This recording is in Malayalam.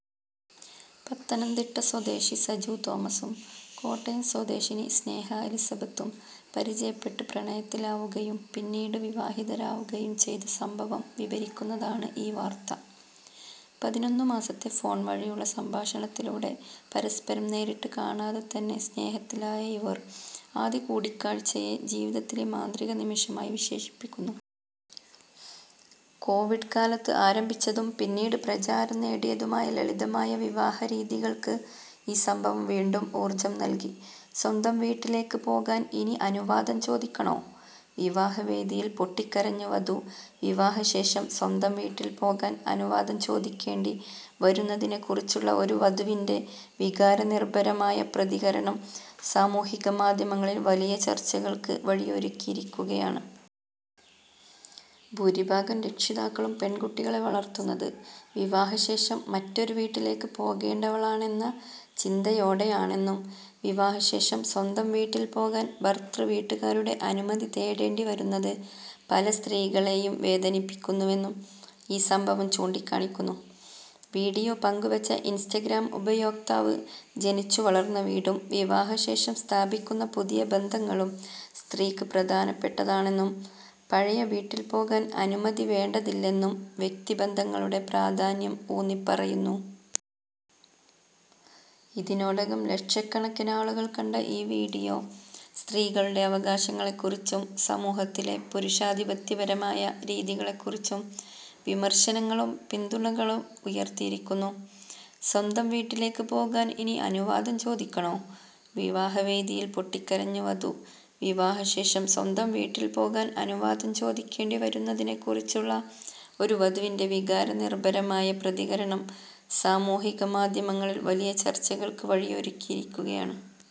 പത്തനംതിട്ട സ്വദേശി സജു തോമസും കോട്ടയം സ്വദേശിനി സ്നേഹ എലിസബത്തും പരിചയപ്പെട്ട് പ്രണയത്തിലാവുകയും പിന്നീട് വിവാഹിതരാവുകയും ചെയ്ത സംഭവം വിവരിക്കുന്നതാണ് ഈ വാർത്ത. പതിനൊന്നു മാസത്തെ ഫോൺ വഴിയുള്ള സംഭാഷണത്തിലൂടെ പരസ്പരം നേരിട്ട് കാണാതെ തന്നെ സ്നേഹത്തിലായ ഇവർ, ആദ്യ കൂടിക്കാഴ്ചയെ ജീവിതത്തിലെ മാന്ത്രിക നിമിഷമായി വിശേഷിപ്പിക്കുന്നു. കോവിഡ് കാലത്ത് ആരംഭിച്ചതും പിന്നീട് പ്രചാരം നേടിയതുമായ ലളിതമായ വിവാഹ രീതികൾക്ക് ഈ സംഭവം വീണ്ടും ഊർജ്ജം നൽകി. 'സ്വന്തം വീട്ടിലേക്ക് പോകാൻ ഇനി അനുവാദം ചോദിക്കണോ? 'വിവാഹവേദിയിൽ പൊട്ടിക്കരഞ്ഞ് വധു വിവാഹശേഷം സ്വന്തം വീട്ടിൽ പോകാൻ അനുവാദം ചോദിക്കേണ്ടി വരുന്നതിനെക്കുറിച്ചുള്ള ഒരു വധുവിന്റെ വികാരനിർഭരമായ പ്രതികരണം സാമൂഹിക മാധ്യമങ്ങളിൽ വലിയ ചർച്ചകൾക്ക് വഴിയൊരുക്കിയിരിക്കുകയാണ്. ഭൂരിഭാഗം രക്ഷിതാക്കളും പെൺകുട്ടികളെ വളർത്തുന്നത് വിവാഹശേഷം മറ്റൊരു വീട്ടിലേക്ക് പോകേണ്ടവളാണെന്ന ചിന്തയോടെയാണെന്നും, വിവാഹശേഷം സ്വന്തം വീട്ടിൽ പോകാൻ ഭർതൃവീട്ടുകാരുടെ അനുമതി തേടേണ്ടി വരുന്നത് പല സ്ത്രീകളെയും വേദനിപ്പിക്കുന്നുവെന്നും ഈ സംഭവം ചൂണ്ടിക്കാണിക്കുന്നു. വിഡിയോ പങ്കുവെച്ച ഇൻസ്റ്റഗ്രാം ഉപയോക്താവ്, ജനിച്ചുവളർന്ന വീടും വിവാഹശേഷം സ്ഥാപിക്കുന്ന പുതിയ ബന്ധങ്ങളും സ്ത്രീക്ക് പ്രധാനപ്പെട്ടതാണെന്നും, പഴയ വീട്ടിൽ പോകാൻ അനുമതി വേണ്ടതില്ലെന്നും വ്യക്തിബന്ധങ്ങളുടെ പ്രാധാന്യം ഊന്നിപ്പറയുന്നു. ഇതിനോടകം ലക്ഷക്കണക്കിന് ആളുകൾ കണ്ട ഈ വിഡിയോ, സ്ത്രീകളുടെ അവകാശങ്ങളെക്കുറിച്ചും സമൂഹത്തിലെ പുരുഷാധിപത്യപരമായ രീതികളെക്കുറിച്ചും വിമർശനങ്ങളും പിന്തുണകളും ഉയർത്തിയിരിക്കുന്നു. 'സ്വന്തം വീട്ടിലേക്ക് പോകാൻ ഇനി അനുവാദം ചോദിക്കണോ? 'വിവാഹവേദിയിൽ പൊട്ടിക്കരഞ്ഞ് വധു വിവാഹശേഷം സ്വന്തം വീട്ടിൽ പോകാൻ അനുവാദം ചോദിക്കേണ്ടി വരുന്നതിനെക്കുറിച്ചുള്ള ഒരു വധുവിന്റെ വികാരനിർഭരമായ പ്രതികരണം സാമൂഹിക മാധ്യമങ്ങളിൽ വലിയ ചർച്ചകൾക്ക് വഴിയൊരുക്കിയിരിക്കുകയാണ്.